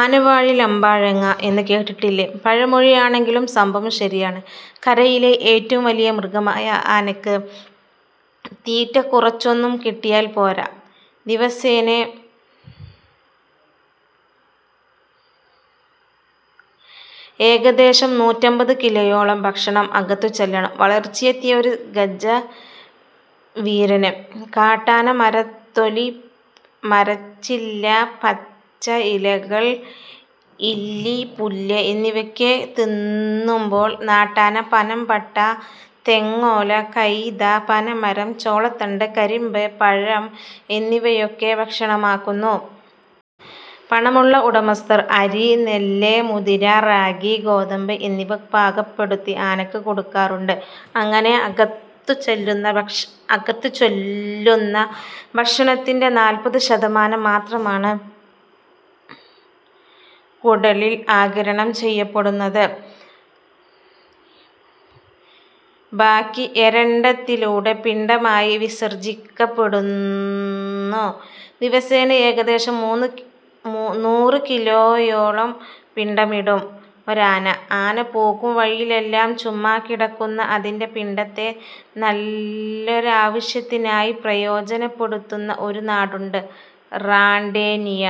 ആനവായിൽ അമ്പഴങ്ങ എന്നു കേട്ടിട്ടില്ലേ? പഴമൊഴിയാണെങ്കിലും സംഭവം ശരിയാണ്. കരയിലെ ഏറ്റവും വലിയ മൃഗമായ ആനയ്ക്ക് തീറ്റ കുറച്ചൊന്നും കിട്ടിയാൽ പോരാ. ദിവസേന ഏകദേശം നൂറ്റമ്പത് കിലോയോളം ഭക്ഷണം അകത്തുചെല്ലണം വളർച്ചയെത്തിയ ഒരു ഗജവീരന്. കാട്ടാന മരത്തൊലി, മരച്ചില്ല, പച്ച ഇലകൾ, ഇല്ലി, പുല്ല് എന്നിവയൊക്കെ തിന്നുമ്പോൾ നാട്ടാന പനംപട്ട, തെങ്ങോല, കൈത, പനമരം, ചോളത്തണ്ട്, കരിമ്പ്, പഴം എന്നിവയൊക്കെ ഭക്ഷണമാക്കുന്നു. പണമുള്ള ഉടമസ്ഥർ അരി, നെല്ല്, മുതിര, റാഗി, ഗോതമ്പ് എന്നിവ പാകപ്പെടുത്തി ആനയ്ക്ക് കൊടുക്കാറുണ്ട്. അങ്ങനെ അകത്തുചെല്ലുന്ന ഭക്ഷണത്തിൻ്റെ നാൽപ്പത് ശതമാനം മാത്രമാണ് കുടലിൽ ആഗിരണം ചെയ്യപ്പെടുന്നത്. ബാക്കി എരണ്ടത്തിലൂടെ പിണ്ടമായി വിസർജിക്കപ്പെടുന്നു. ദിവസേന ഏകദേശം നൂറ് കിലോയോളം പിണ്ടമിടും ഒരാന. ആന പോകും വഴിയിലെല്ലാം ചുമ്മാ കിടക്കുന്ന അതിൻ്റെ പിണ്ടത്തെ നല്ലൊരാവശ്യത്തിനായി പ്രയോജനപ്പെടുത്തുന്ന ഒരു നാടുണ്ട്, റാണ്ടേനിയ.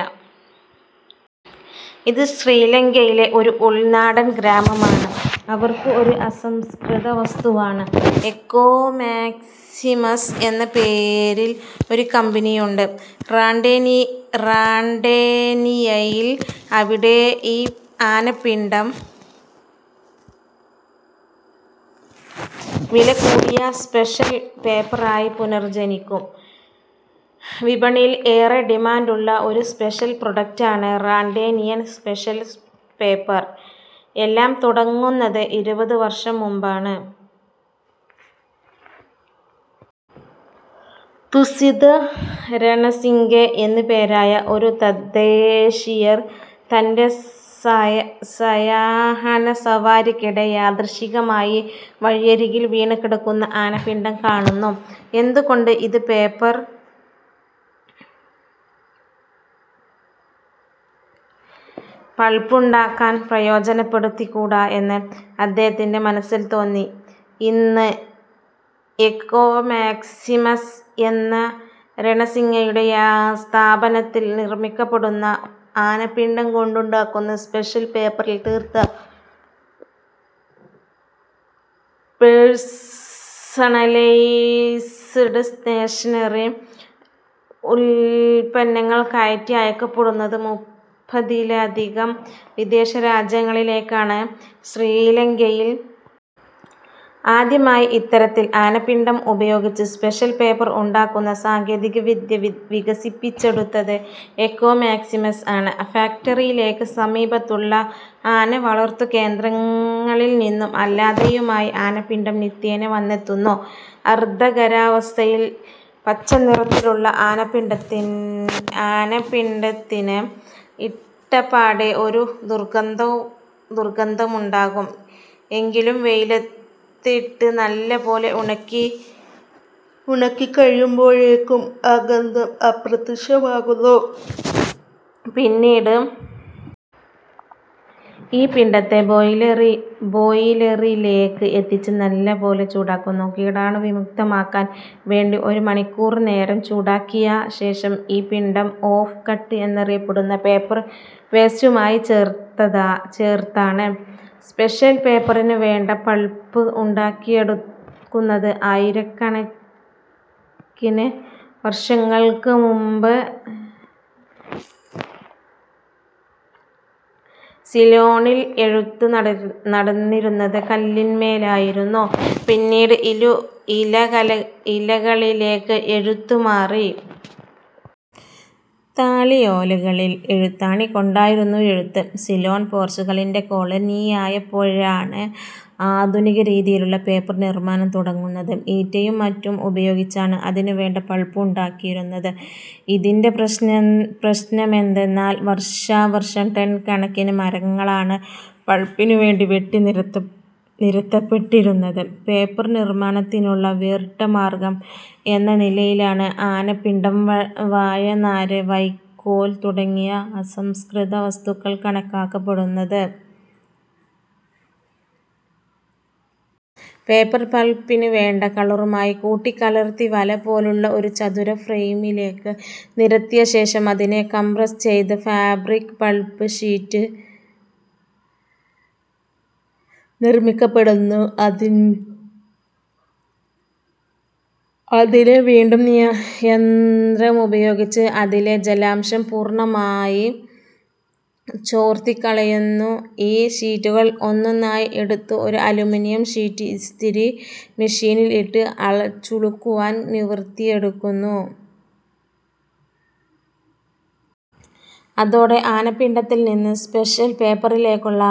ഇത് ശ്രീലങ്കയിലെ ഒരു ഉൾനാടൻ ഗ്രാമമാണ്. അവർക്കിത് ഒരു അസംസ്കൃത വസ്തുവാണ്. എക്കോ മാക്സിമസ് എന്ന പേരിൽ ഒരു കമ്പനിയുണ്ട് റാണ്ടേനിയയിൽ. അവിടെ ഈ ആനപ്പിണ്ടം വിലകൂടിയ സ്പെഷ്യൽ പേപ്പറായി പുനർജനിക്കും. വിപണിയിൽ ഏറെ ഡിമാൻഡുള്ള ഒരു സ്പെഷ്യൽ പ്രൊഡക്ടാണ് റാണ്ടേനിയൻ സ്പെഷ്യൽ പേപ്പർ. എല്ലാം തുടങ്ങുന്നത് ഇരുപത് വർഷം മുമ്പാണ്. തുസിത രണസിംഗെ എന്നുപേരായ ഒരു തദ്ദേശീയൻ തൻ്റെ സായാഹ്ന സവാരിക്കിടെ യാദൃച്ഛികമായി വഴിയരികിൽ വീണുകിടക്കുന്ന ആനപ്പിണ്ടം കാണുന്നു. എന്തുകൊണ്ട് ഇത് പേപ്പർ പൾപ്പുണ്ടാക്കാൻ പ്രയോജനപ്പെടുത്തിക്കൂടാ എന്ന് അദ്ദേഹത്തിൻ്റെ മനസ്സിൽ തോന്നി. ഇന്ന് എക്കോ മാക്സിമസ് എന്ന രണസിംഗയുടെ സ്ഥാപനത്തിൽ നിർമിക്കപ്പെടുന്ന ആനപ്പിണ്ടം കൊണ്ടുണ്ടാക്കുന്ന സ്പെഷ്യൽ പേപ്പറിൽ തീർത്ത പേഴ്സണലൈസ്ഡ് സ്റ്റേഷനറി ഉത്പന്നങ്ങൾ കയറ്റി അയക്കപ്പെടുന്നത് മുപ്പതിലധികം വിദേശ രാജ്യങ്ങളിലേക്കാണ്. ശ്രീലങ്കയിൽ ആദ്യമായി ഇത്തരത്തിൽ ആനപ്പിണ്ടം ഉപയോഗിച്ച് സ്പെഷ്യൽ പേപ്പർ ഉണ്ടാക്കുന്ന സാങ്കേതികവിദ്യ വികസിപ്പിച്ചെടുത്തത് എക്കോ മാക്സിമസ് ആണ്. ഫാക്ടറിയിലേക്ക് സമീപത്തുള്ള ആനവളർത്തുകേന്ദ്രത്തിൽ നിന്നും അല്ലാതെയുമായി ആനപ്പിണ്ടം നിത്യേന വന്നെത്തുന്നു. അർദ്ധഖരാവസ്ഥയിൽ പച്ചനിറത്തിലുള്ള ആനപ്പിണ്ടത്തിന് ഇട്ടപാടെ ഒരു ദുർഗന്ധമുണ്ടാകും എങ്കിലും വെയിലത്തിട്ട് നല്ലപോലെ ഉണക്കിക്കഴിയുമ്പോഴേക്കും ആ ഗന്ധം അപ്രത്യക്ഷമാകുന്നു. പിന്നീട് ഈ പിണ്ടത്തെ ബോയിലറിലേക്ക് എത്തിച്ച് നല്ലപോലെ ചൂടാക്കുന്നു. കീടാണുവിമുക്തമാക്കാൻ വേണ്ടി ഒരു മണിക്കൂർ നേരം ചൂടാക്കിയ ശേഷം ഈ പിണ്ടം ഓഫ് കട്ട് എന്നറിയപ്പെടുന്ന പേപ്പർ വേസ്റ്റുമായി ചേർത്താണ് സ്പെഷ്യൽ പേപ്പറിന് വേണ്ട പൾപ്പ് ഉണ്ടാക്കിയെടുക്കുന്നത്. ആയിരക്കണക്കിന് വർഷങ്ങൾക്ക് മുമ്പ് സിലോണിൽ എഴുത്ത് നടന്നിരുന്നത് കല്ലിന്മേലായിരുന്നു. പിന്നീട് ഇലകളിലേക്ക് എഴുത്ത് മാറി. താളിയോലകളിൽ എഴുത്താണികൊണ്ടായിരുന്നു എഴുത്ത്. സിലോൺ പോർച്ചുഗലിൻ്റെ കോളനിയായപ്പോഴാണ് ആധുനിക രീതിയിലുള്ള പേപ്പർ നിർമ്മാണം തുടങ്ങുന്നത്. ഈറ്റയും മറ്റും ഉപയോഗിച്ചാണ് അതിനുവേണ്ട പൾപ്പ് ഉണ്ടാക്കിയിരുന്നത്. ഇതിൻ്റെ പ്രശ്നമെന്തെന്നാൽ വർഷാവർഷം ടൺ കണക്കിന് മരങ്ങളാണ് പൾപ്പിനുവേണ്ടി വെട്ടിനിരത്തപ്പെട്ടിരുന്നത്. പേപ്പർ നിർമ്മാണത്തിനുള്ള വേറിട്ട മാർഗം എന്ന നിലയിലാണ് ആനപ്പിണ്ടം, വാഴനാര്, വൈക്കോൽ തുടങ്ങിയ അസംസ്കൃത വസ്തുക്കൾ കണക്കാക്കപ്പെടുന്നത്. പേപ്പർ പൾപ്പിനെ വേണ്ട കളറുമായി കൂട്ടിക്കലർത്തി വലപോലുള്ള ഒരു ചതുര ഫ്രെയിമിലേക്ക് നിരത്തിയ ശേഷം അതിനെ കംപ്രസ് ചെയ്ത് ഫാബ്രിക് പൾപ്പ് ഷീറ്റ് നിർമ്മിക്കപ്പെടുന്നു. അതിനെ വീണ്ടും യന്ത്രമുപയോഗിച്ച് അതിലെ ജലാംശം പൂർണ്ണമായി ചോർത്തിക്കളയുന്നു. ഈ ഷീറ്റുകൾ ഒന്നൊന്നായി എടുത്ത് ഒരു അലുമിനിയം ഷീറ്റ് ഇസ്തിരി മെഷീനിൽ ഇട്ട് ചുളുക്കുകൾ നിവർത്തിയെടുക്കുന്നു. അതോടെ ആനപ്പിണ്ടത്തിൽ നിന്ന് സ്പെഷ്യൽ പേപ്പറിലേക്കുള്ള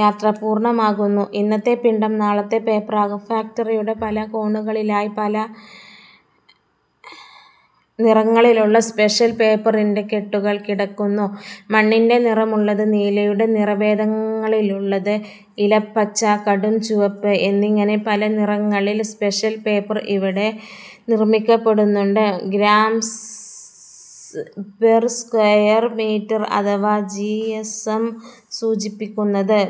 യാത്ര പൂർണ്ണമാകുന്നു. ഇന്നത്തെ പിണ്ടം നാളത്തെ പേപ്പറാകും. ഫാക്ടറിയുടെ പല കോണുകളിലായി പല നിറങ്ങളിലുള്ള സ്പെഷ്യൽ പേപ്പറിൻ്റെ കെട്ടുകൾ കിടക്കുന്നു. മണ്ണിൻ്റെ നിറമുള്ളത്, നീലയുടെ നിറഭേദങ്ങളിലുള്ളത്, ഇലപ്പച്ച, കടുംചുവപ്പ് എന്നിങ്ങനെ പല നിറങ്ങളിൽ സ്പെഷ്യൽ പേപ്പർ ഇവിടെ നിർമ്മിക്കപ്പെടുന്നുണ്ട്. ഗ്രാംസ് പെർ സ്ക്വയർ മീറ്റർ അഥവാ ജിഎസ്എം ആണ് പേപ്പറിൻ്റെ കനത്തെ സൂചിപ്പിക്കുന്നത്.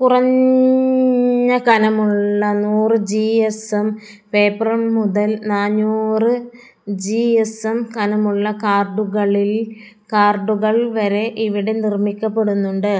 കുറഞ്ഞ കനമുള്ള നൂറ് ജിഎസ്എം പേപ്പർ മുതൽ നാനൂറ് ജിഎസ്എം കനമുള്ള കാർഡുകൾ വരെ ഇവിടെ നിർമ്മിക്കപ്പെടുന്നുണ്ട്.